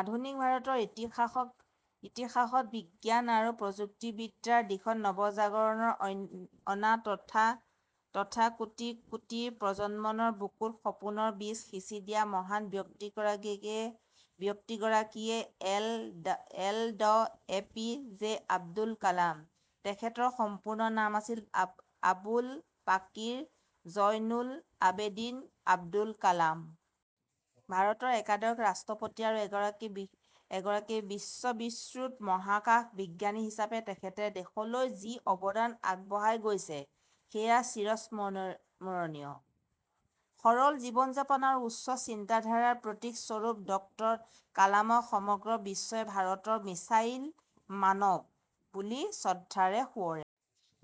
আধুনিক ভাৰতৰ ইতিহাসত বিজ্ঞান আৰু প্ৰযুক্তিবিদ্যাৰ দিশত নৱজাগৰণ অনা তথা কোটি কোটি নৱপ্ৰজন্মৰ বুকুত সপোনৰ বীজ সিঁচি দিয়া মহান ব্যক্তিগৰাকীয়েই হ'ল ড A. P. J. Abdul Kalam. তেখেতৰ সম্পূৰ্ণ নাম আছিল আবুল পাকিৰ জয়নুল আবেদিন আব্দুল কালাম। ভাৰতৰ একাদশ ৰাষ্ট্ৰপতি আৰু এগৰাকী বিশ্ববিশ্ৰুত মহাকাশ বিজ্ঞানী হিচাপে তেখেতে দেশলৈ যি অৱদান আগবঢ়াই গৈছে, সেয়া চিৰস্মৰণীয়। সৰল জীৱন-যাপন আৰু উচ্চ চিন্তাধাৰাৰ প্ৰতীক স্বৰূপ ড কালামক সমগ্ৰ বিশ্বই 'ভাৰতৰ মিছাইল মানৱ' বুলি শ্ৰদ্ধাৰে সুঁৱৰে।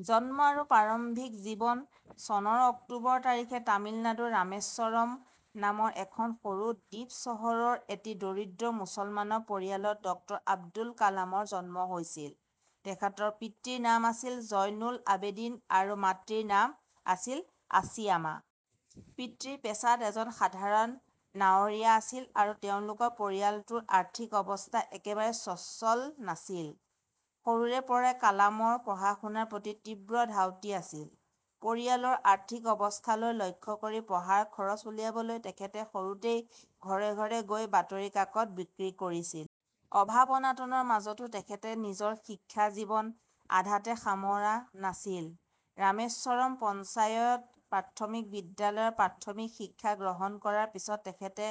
জন্ম আৰু প্ৰাৰম্ভিক জীৱন: চনৰ অক্টোবৰ তাৰিখে তামিলনাডুৰ ৰামেশ্বৰম নামৰ এখন সৰু দ্বীপ চহৰৰ এটি দৰিদ্ৰ মুছলমান পৰিয়ালত ড আব্দুল কালামৰ জন্ম হৈছিল। তেখেতৰ পিতৃৰ নাম আছিল জয়নুল আবেদিন আৰু মাতৃৰ নাম আছিল আছিয়ামা। পিতৃ পেছাত এজন সাধাৰণ নাৱৰীয়া আছিল আৰু তেওঁলোকৰ পৰিয়ালটোৰ আৰ্থিক অৱস্থা একেবাৰে স্বচ্ছল নাছিল। সৰুৰে পৰাই কালামৰ পঢ়া-শুনাৰ প্ৰতি তীব্ৰ ধাউতি আছিল। পৰিয়ালৰ আৰ্থিক অৱস্থালৈ লক্ষ্য কৰি পঢ়াৰ খৰচ উলিয়াবলৈ তেখেতে সৰুতেই ঘৰে ঘৰে গৈ বাতৰিকাকত বিক্ৰী কৰিছিল। অভাৱ-অনাটনৰ মাজতো তেখেতে নিজৰ শিক্ষা জীৱন আধাতে সামৰা নাছিল। ৰামেশ্বৰমৰ পঞ্চায়ত প্ৰাথমিক বিদ্যালয়ত প্ৰাথমিক শিক্ষা গ্ৰহণ কৰাৰ পিছত তেখেতে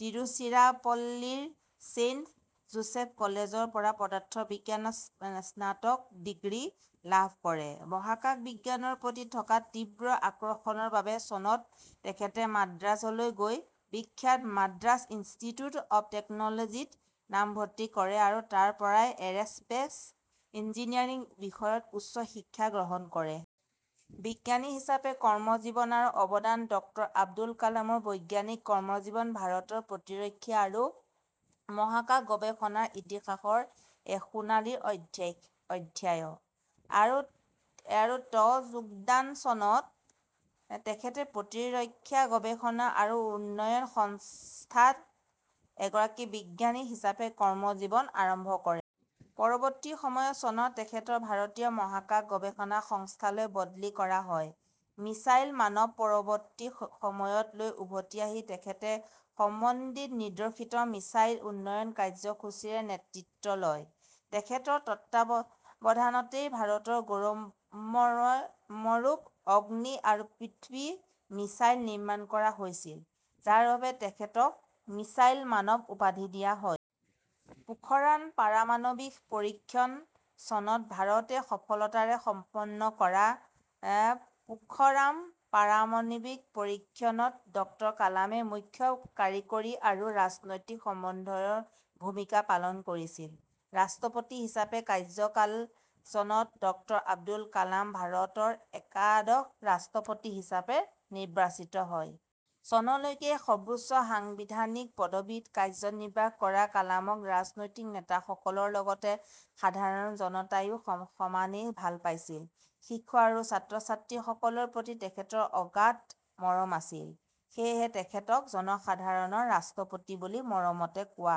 তিৰুচিৰাপল্লীৰ 'ছেইণ্ট যোছেফ কলেজ'ৰ পৰা পদাৰ্থ বিজ্ঞানত স্নাতক ডিগ্ৰী লাভ কৰে। মহাকাশ বিজ্ঞানৰ প্ৰতি থকা তীব্ৰ আকৰ্ষণৰ বাবে চনত তেখেতে মাদ্ৰাজলৈ গৈ বিখ্যাত 'মাদ্ৰাজ ইনষ্টিটিউট অৱ টেকন'লজি' ত নামভৰ্তি কৰে আৰু তাৰ পৰাই এৰ'স্পেচ ইঞ্জিনিয়াৰিং বিষয়ত উচ্চ শিক্ষা গ্ৰহণ কৰে। বিজ্ঞানী হিচাপে কৰ্মজীৱন আৰু অৱদান: ড আব্দুল কালামৰ বৈজ্ঞানিক কৰ্মজীৱন ভাৰতৰ প্ৰতিৰক্ষা আৰু মহাকাশ গৱেষণাৰ ইতিহাসৰ এক সোণোৱালী অধ্যায়: আৰু ত যোগদান: চনত তেখেতে 'প্ৰতিৰক্ষা গৱেষণা আৰু উন্নয়ন সংস্থা' ত এগৰাকী বিজ্ঞানী হিচাপে কৰ্মজীৱন আৰম্ভ কৰে। পৰৱৰ্তী সময়ত চনত তেখেতক 'ভাৰতীয় মহাকাশ গৱেষণা সংস্থা'লৈ বদলি কৰা হয়। মিছাইল মানৱ: পৰৱৰ্তী সময়ত লৈ উভতি আহি তেখেতে 'সমন্বিত নিৰ্দেশিত মিছাইল উন্নয়ন কাৰ্যসূচী' ৰ নেতৃত্ব লয়। তেখেতৰ তত্ত্বাৱধানতেই ভাৰতৰ গৌৰৱস্বৰূপ অগ্নি আৰু পৃথ্বী মিছাইল নিৰ্মাণ কৰা হৈছিল, যাৰ বাবে তেখেতক 'মিছাইল মানৱ' উপাধি দিয়া হয়। পোখৰান পাৰমাণৱিক পৰীক্ষণ: চনত ভাৰতে সফলতাৰে সম্পন্ন কৰা 'পোখৰান- ' পাৰমাণৱিক পৰীক্ষণত ড কালামে মুখ্য কাৰিকৰী আৰু ৰাজনৈতিক সমন্বয়কৰ ভূমিকা পালন কৰিছিল। ৰাষ্ট্ৰপতি হিচাপে কাৰ্যকাল: চনত ড আব্দুল কালাম ভাৰতৰ একাদশ ৰাষ্ট্ৰপতি হিচাপে নিৰ্বাচিত হয়। চনলৈকে এই সৰ্বোচ্চ সাংবিধানিক পদবীত কাৰ্যনিৰ্বাহ কৰা কালামক ৰাজনৈতিক নেতাসকলৰ লগতে সাধাৰণ জনতায়ো সমানেই ভাল পাইছিল। শিশু আৰু ছাত্ৰ-ছাত্ৰীসকলৰ প্ৰতি তেখেতৰ অগাধ মৰম আছিল। সেয়েহে তেখেতক 'জনসাধাৰণৰ ৰাষ্ট্ৰপতি' বুলি মৰমতে কোৱা